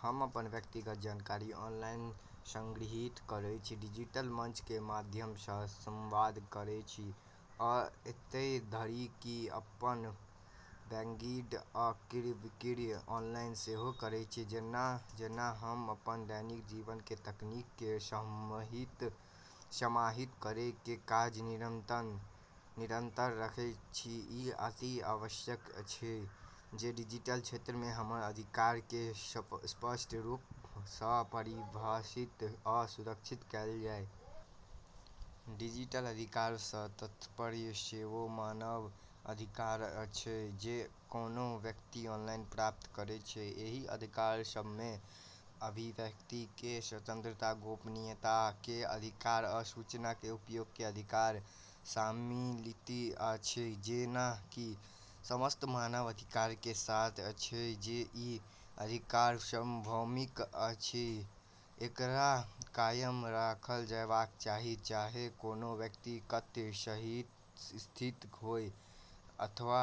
हम अपन व्यक्तिगत जानकारी ऑनलाइन संगृहीत करैत छी, डिजिटल मंच के माध्यम सँ संवाद करैत छी, आ एतय धरि कि अपन बैंकिङ आ क्रय-विक्रय ऑनलाइन सेहो करैत छी। जेना-जेना हम अपन दैनिक जीवन में तकनीक केँ समाहित करै के काज निरंतर रखै छियै, ई अति आवश्यक अछि जे डिजिटल क्षेत्र में हमर अधिकार केँ स्पष्ट रूप सँ परिभाषित आ सुरक्षित कएल जाय। डिजिटल अधिकार सँ तात्पर्य सेओ मानव अधिकार अछि जे कोनो व्यक्ति ऑनलाइन प्राप्त करैत अछि। एहि अधिकार सभमे अभिव्यक्ति के स्वतंत्रता, गोपनीयता के अधिकार, आ सूचना के उपयोग के अधिकार सम्मिलित अछि। जेना कि समस्त मानव अधिकार के साथ अछि, ई अधिकार सार्वभौमिक अछि आ एकरा कायम राखल जयबाक चाही, चाहे कोनो व्यक्ति कतय स्थित होय अथवा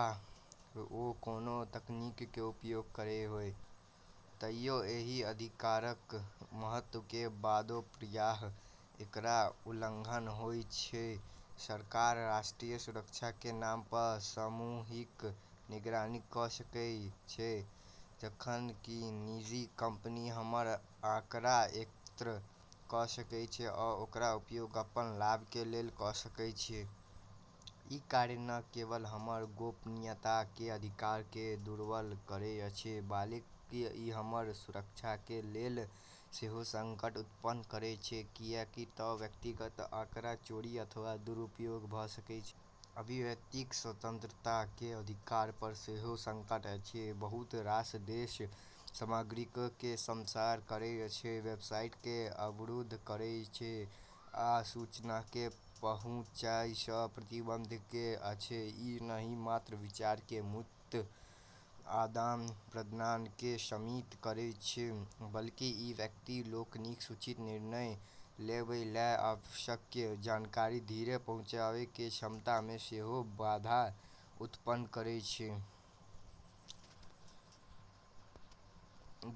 ओ कोनो तकनीक के उपयोग करैत होय। तैयो एहि अधिकारक महत्त्व के बादो प्रायः एकर उल्लंघन होइत अछि। सरकार राष्ट्रीय सुरक्षा के नाम पर सामूहिक निगरानी कऽ सकैत अछि, जखन कि निजी कंपनी हमर आँकड़ा (डेटा) एकत्र कऽ सकैत अछि आ ओकर उपयोग अपन लाभ के लेल कऽ सकैत अछि। ई कार्य न केवल हमर गोपनीयता के अधिकार केँ दुर्बल करैत अछि, बल्कि ई हमर सुरक्षा के लेल सेहो संकट उत्पन्न करैत अछि, किएक तँ व्यक्तिगत आँकड़ा चोरी अथवा दुरुपयोग भऽ सकैत अछि। अभिव्यक्तिक स्वतंत्रताके अधिकार पर सेहो संकट अछि। बहुत रास देश सामग्रीकेँ सेंसर करैत अछि, वेबसाइट केँ अवरुद्ध करैत अछि आ सूचनाकेँ पहुँचयसँ प्रतिबंधित करैत अछि। ई नहि मात्र विचार के मुक्त आदान-प्रदानकेँ सीमित करैत अछि, बल्कि ई व्यक्ति लोकनिकें सूचित निर्णय लेबय लेल आवश्यक जानकारी धरि पहुँचै के क्षमता में सेहो बाधा उत्पन्न करैत अछि।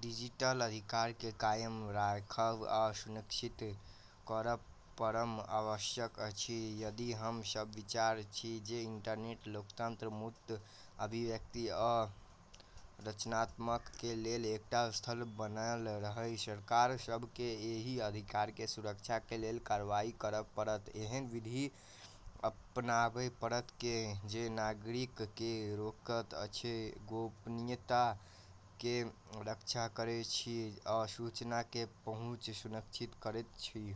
डिजिटल अधिकार केँ कायम राखब आ सुनिश्चित करब परम आवश्यक अछि, यदि हम सब विचारै छी जे इंटरनेट लोकतंत्र, मुक्त अभिव्यक्ति, आ रचनात्मकता के लेल एकटा स्थल बनल रहय। सरकार सभ केँ एहि अधिकार के सुरक्षा के लेल कार्रवाई करब पड़त, एहन विधि (कानून) अपनाबय पड़त जें निगरानी केँ रोकैत अछि, गोपनीयता के रक्षा करैत अछि, आ सूचना के पहुँच सुनिश्चित करैत अछि।